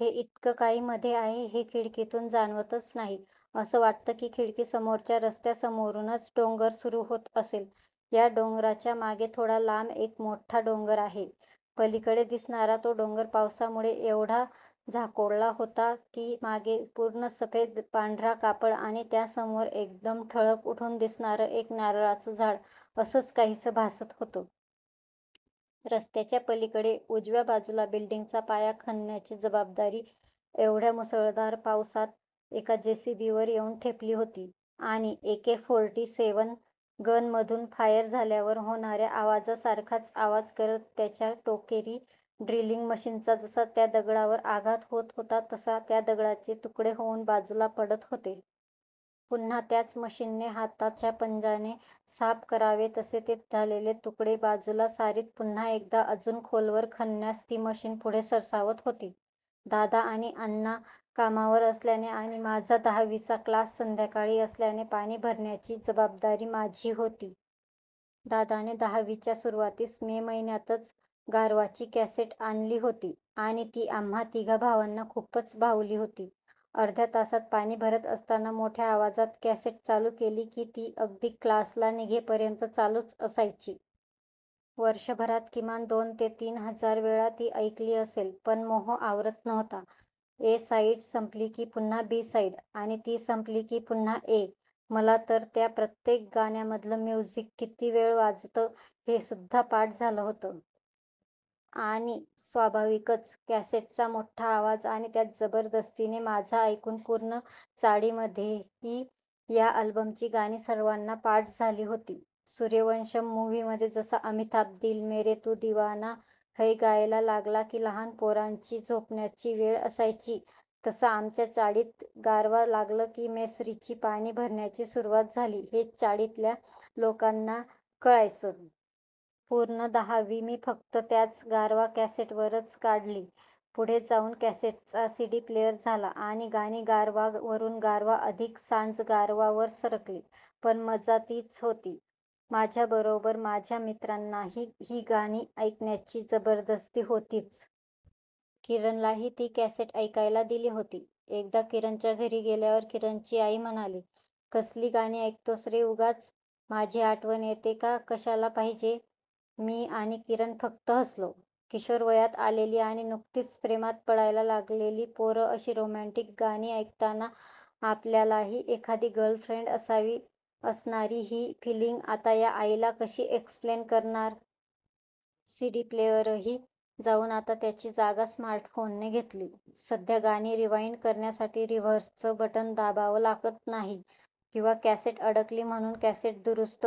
हे इतकं काही मध्ये आहे हे खिडकीतून जाणवतच नाही. असं वाटतं की खिडकीसमोरच्या रस्त्यासमोरूनच डोंगर सुरू होत असेल. या डोंगराच्यामागे थोडा लांब एक मोठा डोंगर आहे. पलीकडे दिसणारा तो डोंगर पावसामुळे एवढा झाकोळला होता की मागे पूर्ण सफेद पांढरा कापड आणि त्यासमोर एकदम ठळक उठून दिसणारं एक नारळाचं झाड असंच काहीसं भासत होतं. रस्त्याच्या पलीकडे उजव्या बाजूला बिल्डिंगचा पाया खणण्याची जबाबदारी एवढ्या मुसळधार पावसात एका जेसीबीवर येऊन ठेपली होती आणि ए-के फोरटी सेवन गन मधून फायर झाल्यावर होणाऱ्या आवाजासारखाच आवाज करत त्याच्या टोकेरी ड्रिलिंग मशीनचा जसा त्या दगडावर आघात होत होता तसा त्या दगडाचे तुकडे होऊन बाजूला पडत होते. पुन्हा त्याच मशीनने हाताच्या पंजाने साफ करावे तसे ते झालेले तुकडे बाजूला सारीत पुन्हा एकदा अजून खोलवर खणण्यास ती मशीन पुढे सरसावत होती. दादा आणि अण्णा कामावर असल्याने आणि माझा दहावीचा क्लास संध्याकाळी असल्याने पाणी भरण्याची जबाबदारी माझी होती. दादाने दहावीच्या सुरुवातीस मे महिन्यातच गारवाची कॅसेट आणली होती आणि ती आम्हा तिघा भावांना खूपच भावली होती. अर्ध्या तासात पाणी भरत असताना मोठ्या आवाजात कॅसेट चालू केली की ती अगदी क्लासला निघेपर्यंत चालूच असायची. वर्षभरात किमान दोन ते तीन हजार वेळा ती ऐकली असेल पण मोह आवरत नव्हता. ए साईड संपली की पुन्हा बी साईड आणि ती संपली की पुन्हा ए. मलातर त्या प्रत्येक गाण्यामधलं म्युझिक कितीवेळ वाजतं हे सुद्धा पाठ झालं होतं. आणि स्वाभाविकच कॅसेटचा मोठा आवाज आणि त्यात जबरदस्तीने माझा, ऐकून पूर्ण चाळीमध्येही या अल्बमची गाणी सर्वांना पाठ झाली होती. सूर्यवंशम मुव्हीमध्ये जसा अमिताभ दिल मेरे तू दिवाना है गायला लागला की लहान पोरांची झोपण्याची वेळ असायची तसा आमच्या चाळीत गारवा लागलं की मेस्त्रीची पाणी भरण्याची सुरुवात झाली हे चाळीतल्या लोकांना कळायचं. पूर्ण दहावी मी फक्त त्याच गारवा कॅसेटवरच काढली. पुढे जाऊन कॅसेटचा सीडी प्लेअर झाला आणि गाणी गारवा वरून गारवा अधिक सांजगारवा वर सरकली. पण मजा तीच होती. माझ्याबरोबर माझ्या मित्रांनाही ही गाणी ऐकण्याची जबरदस्ती होतीच. किरणलाही ती कॅसेट ऐकायला दिली होती. एकदा किरणच्या घरी गेल्यावर किरणची आई म्हणाली, कसली गाणी ऐकतोस रे उगाच. माझी आठवण येते का कशाला पाहिजे? मी आणि किरण फक्त हसलो. किशोरवयात आलेली आणि नुकतीच प्रेमात पडायला लागलेली पोरं अशी रोमँटिक गाणी ऐकताना आपल्यालाही एखादी गर्लफ्रेंड असावी असणारी ही फिलिंग आता या आईला कशी एक्सप्लेन करणार? सीडी प्लेअरही जाऊन आता त्याची जागा स्मार्टफोनने घेतली. सध्या गाणी रिवाईंड करण्यासाठी रिव्हर्सचं बटन दाबावं लागत नाही किंवा कॅसेट अडकली म्हणून कॅसेट दुरुस्त